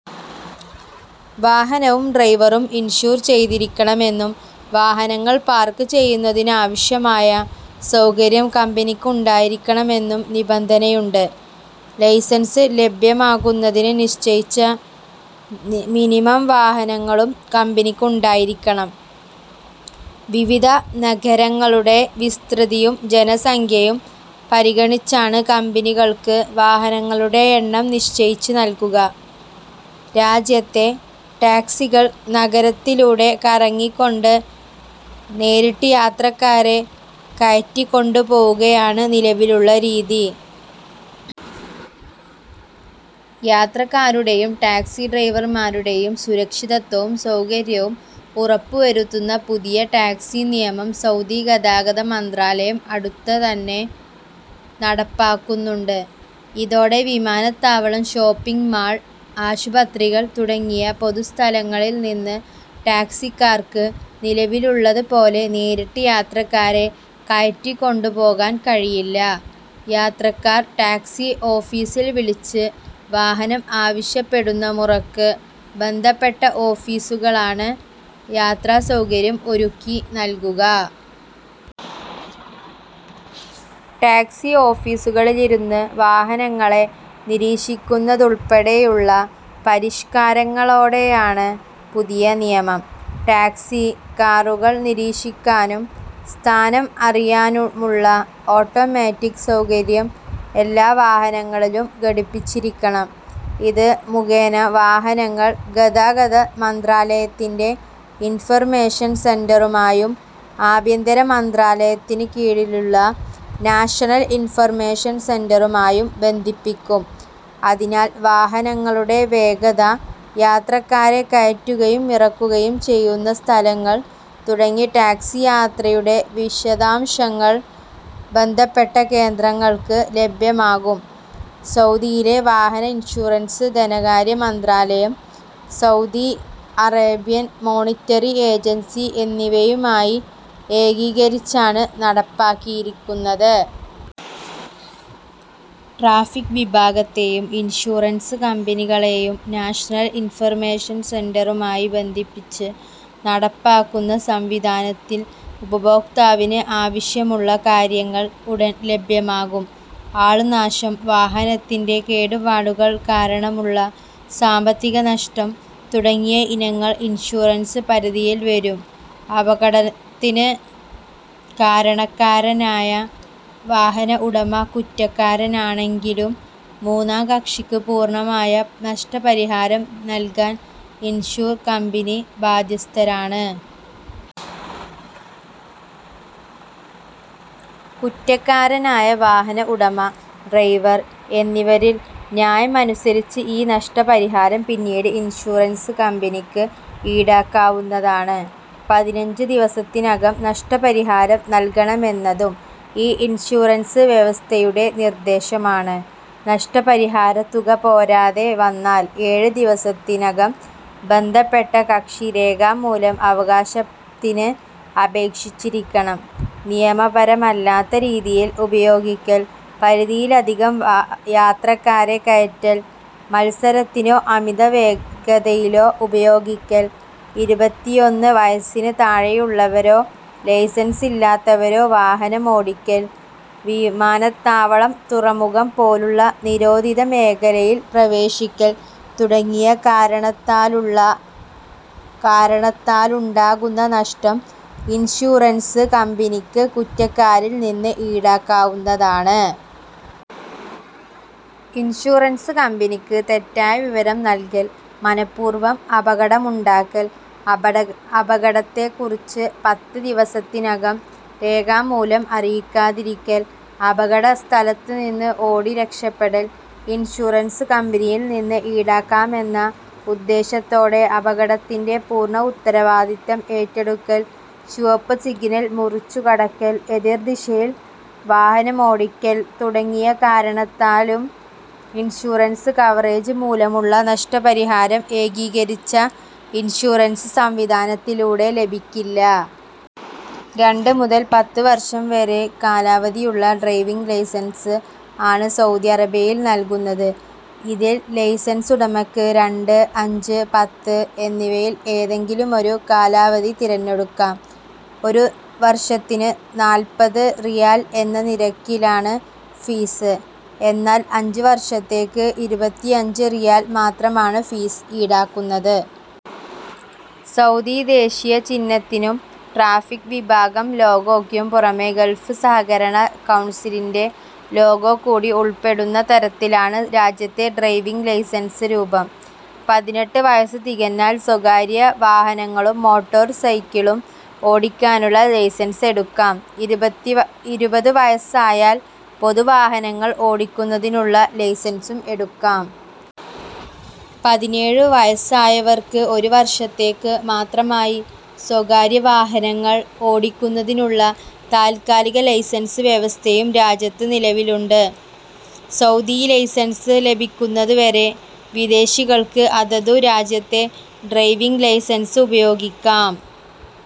വാഹനവും ഡ്രൈവറും ഇൻഷുർ ചെയ്തിരിക്കണമെന്നും വാഹനങ്ങൾ പാർക്ക് ചെയ്യുന്നതിന് ആവശ്യമായ സൗകര്യം കമ്പനിക്ക് ഉണ്ടായിരിക്കണമെന്നും നിബന്ധനയുണ്ട്. ലൈസൻസ് ലഭ്യമാകുന്നതിന് നിശ്ചയിച്ച മിനിമം വാഹനങ്ങളും കമ്പനിക്ക് ഉണ്ടായിരിക്കണം. വിവിധ നഗരങ്ങളുടെ വിസ്തൃതിയും ജനസംഖ്യയും പരിഗണിച്ചാണ് കമ്പനികൾക്ക് വാഹനങ്ങളുടെ എണ്ണം നിശ്ചയിച്ച് നൽകുക. രാജ്യത്തെ ടാക്സികൾ നഗരത്തിലൂടെ കറങ്ങി കൊണ്ട് നേരിട്ട് യാത്രക്കാരെ കയറ്റികൊണ്ടു പോകുകയാണ് നിലവിലുള്ള രീതി. യാത്രക്കാരുടെയും ടാക്സി ഡ്രൈവർമാരുടെയും സുരക്ഷിതത്വവും സൗകര്യവും ഉറപ്പുവരുത്തുന്ന പുതിയ ടാക്സി നിയമം സൗദി ഗതാഗത മന്ത്രാലയം അടുത്തു തന്നെ നടപ്പാക്കുന്നുണ്ട്. ഇതോടെ വിമാനത്താവളം, ഷോപ്പിങ്ങ്മാൾ, ആശുപത്രികൾ തുടങ്ങിയ പൊതുസ്ഥലങ്ങളിൽ നിന്ന് ടാക്സിക്കാർക്ക് നിലവിലുള്ളത് പോലെ നേരിട്ട് യാത്രക്കാരെ കയറ്റികൊണ്ടുപോകാൻ കഴിയില്ല. യാത്രക്കാർ ടാക്സി ഓഫീസിൽ വിളിച്ച് വാഹനം ആവശ്യപ്പെടുന്ന മുറക്ക് ബന്ധപ്പെട്ട ഓഫീസുകളാണ് യാത്രാ സൗകര്യം ഒരുക്കിനൽകുക. ടാക്സി ഓഫീസുകളിലിരുന്ന് വാഹനങ്ങളെ നിരീക്ഷിക്കുന്നതുൾപ്പെടെയുള്ള പരിഷ്കാരങ്ങളോടെയാണ് പുതിയ നിയമം. ടാക്സി കാറുകൾ നിരീക്ഷിക്കാനും സ്ഥാനം അറിയാനുമുള്ള ഓട്ടോമാറ്റിക് സൗകര്യം എല്ലാ വാഹനങ്ങളിലും ഘടിപ്പിച്ചിരിക്കണം. ഇത് മുഖേന വാഹനങ്ങൾ ഗതാഗത മന്ത്രാലയത്തിന്റെ ഇൻഫർമേഷൻ സെന്ററുമായും ആഭ്യന്തര മന്ത്രാലയത്തിന് കീഴിലുള്ള നാഷണൽ ഇൻഫർമേഷൻ സെന്ററുമായും ബന്ധിപ്പിക്കും. അതിനാൽ വാഹനങ്ങളുടെ വേഗത, യാത്രക്കാരെ കയറ്റുകയും ഇറക്കുകയും ചെയ്യുന്ന സ്ഥലങ്ങൾ തുടങ്ങി ടാക്സി യാത്രയുടെ വിശദാംശങ്ങൾ ബന്ധപ്പെട്ട കേന്ദ്രങ്ങൾക്ക് ലഭ്യമാകും സൗദിയിലെ വാഹന ഇൻഷുറൻസ് ധനകാര്യ മന്ത്രാലയം, സൗദി അറേബ്യൻ മോണിറ്ററി ഏജൻസി എന്നിവയുമായി എകീകരിച്ചാണ് നടപ്പാക്കിയിരിക്കുന്നത്. ട്രാഫിക് വിഭാഗത്തെയും ഇൻഷൂറൻസ് കമ്പനികളെയും നാഷനൽ ഇൻഫർമേഷൻ സെന്ററുമായി ബന്ധിപ്പിച്ച് നടപ്പാക്കുന്ന സംവിധാനത്തിൽ ഉപഭോക്താവിന് ആവശ്യമുള്ള കാര്യങ്ങൾ ഉടൻ ലഭ്യമാകും. ആൾനാശം, വാഹനത്തിന്റെ കേടുപാടുകൾ കാരണമുള്ള സാമ്പത്തിക നഷ്ടം തുടങ്ങിയ ഇനങ്ങൾ ഇൻഷുറൻസ് പരിധിയിൽ വരും. അപകടത്തിന് കാരണക്കാരനായ വാഹന ഉടമ കുറ്റക്കാരനാണെങ്കിലും മൂന്നാം കക്ഷിക്ക് പൂർണമായ നഷ്ടപരിഹാരം നൽകാൻ ഇൻഷുർ കമ്പനി ബാധ്യസ്ഥരാണ്. കുറ്റക്കാരനായ വാഹന ഉടമ, ഡ്രൈവർ എന്നിവരിൽ ന്യായമനുസരിച്ച് ഈ നഷ്ടപരിഹാരം പിന്നീട് ഇൻഷുറൻസ് കമ്പനിക്ക് ഈടാക്കാവുന്നതാണ്. പതിനഞ്ച് ദിവസത്തിനകം നഷ്ടപരിഹാരം നൽകണമെന്നതും ഈ ഇൻഷുറൻസ് വ്യവസ്ഥയുടെ നിർദ്ദേശമാണ്. നഷ്ടപരിഹാരത്തുക പോരാതെ വന്നാൽ ഏഴ് ദിവസത്തിനകം ബന്ധപ്പെട്ട കക്ഷി രേഖാമൂലം അവകാശത്തിന് അപേക്ഷിച്ചിരിക്കണം. നിയമപരമല്ലാത്ത രീതിയിൽ ഉപയോഗിക്കൽ, പരിധിയിലധികം യാത്രക്കാരെ കയറ്റൽ, മത്സരത്തിനോ അമിത വേഗതയിലോ ഉപയോഗിക്കൽ, ഇരുപത്തിയൊന്ന് വയസ്സിന് താഴെയുള്ളവരോ ലൈസൻസില്ലാത്തവരോ വാഹനം ഓടിക്കൽ, വിമാനത്താവളം തുറമുഖം പോലുള്ള നിരോധിത മേഖലയിൽ പ്രവേശിക്കൽ തുടങ്ങിയ കാരണത്താലുണ്ടാകുന്ന നഷ്ടം ഇൻഷുറൻസ് കമ്പനിക്ക് കുറ്റക്കാരിൽ നിന്ന് ഈടാക്കാവുന്നതാണ്. ഇൻഷുറൻസ് കമ്പനിക്ക് തെറ്റായ വിവരം നൽകൽ, മനഃപൂർവം അപകടമുണ്ടാക്കൽ, അപകടത്തെക്കുറിച്ച് പത്ത് ദിവസത്തിനകം രേഖാമൂലം അറിയിക്കാതിരിക്കൽ, അപകട സ്ഥലത്തുനിന്ന് ഓടി രക്ഷപ്പെടൽ, ഇൻഷുറൻസ് കമ്പനിയിൽ നിന്ന് ഈടാക്കാമെന്ന ഉദ്ദേശത്തോടെ അപകടത്തിന്റെ പൂർണ ഉത്തരവാദിത്തം ഏറ്റെടുക്കൽ, ചുവപ്പ് സിഗ്നൽ മുറിച്ചുകടക്കൽ, എതിർ ദിശയിൽ വാഹനം ഓടിക്കൽ തുടങ്ങിയ കാരണത്താലും ഇൻഷുറൻസ് കവറേജ് മൂലമുള്ള നഷ്ടപരിഹാരം എകീകരിച്ച ഇൻഷുറൻസ് സംവിധാനത്തിലൂടെ ലഭിക്കില്ല. രണ്ട് മുതൽ പത്ത് വർഷം വരെ കാലാവധിയുള്ള ഡ്രൈവിങ് ലൈസൻസ് ആണ് സൗദി അറേബ്യയിൽ നൽകുന്നത്. ഇതിൽ ലൈസൻസ് ഉടമക്ക് രണ്ട്, അഞ്ച്, പത്ത് എന്നിവയിൽ ഏതെങ്കിലുമൊരു കാലാവധി തെരഞ്ഞെടുക്കാം. ഒരു വർഷത്തിന് നാൽപത് റിയാൽ എന്ന നിരക്കിലാണ് ഫീസ്. എന്നാൽ അഞ്ച് വർഷത്തേക്ക് എഴുപത്തിഅഞ്ച് റിയാൽ മാത്രമാണ് ഫീസ് ഈടാക്കുന്നത്. സൗദി ദേശീയ ചിഹ്നത്തിനും ട്രാഫിക് വിഭാഗം ലോഗോക്കും പുറമെ ഗൾഫ് സഹകരണ കൗൺസിലിന്റെ ലോഗോ കൂടി ഉൾപ്പെടുന്ന തരത്തിലാണ് രാജ്യത്തെ ഡ്രൈവിങ് ലൈസൻസ് രൂപം. പതിനെട്ട് വയസ് തികഞ്ഞാൽ സ്വകാര്യ വാഹനങ്ങളും മോട്ടോർ സൈക്കിളും ഓടിക്കാനുള്ള ലൈസൻസ് എടുക്കാം. ഇരുപതു വയസ് ആയാൽ പൊതു വാഹനങ്ങൾ ഓടിക്കുന്നതിന്നുതിനുള്ള ലൈസൻസും എടുക്കാം. പതിനേഴു വയസ് ആയവർക്ക് ഒരു വർഷത്തേക്ക് മാത്രമായി സ്വകാര്യ വാഹനങ്ങൾ ഓടിക്കുന്നതിനുള്ള താൽക്കാലിക ലൈസൻസ് വ്യവസ്ഥയും രാജ്യത്ത് നിലവിലുണ്ട്. സൗദി ലൈസൻസ് ലഭിക്കുന്നതു വരെ വിദേശികൾക്ക് അതതു രാജ്യത്തെ ഡ്രൈവിങ്ലൈസൻസ് ഉപയോഗിക്കാം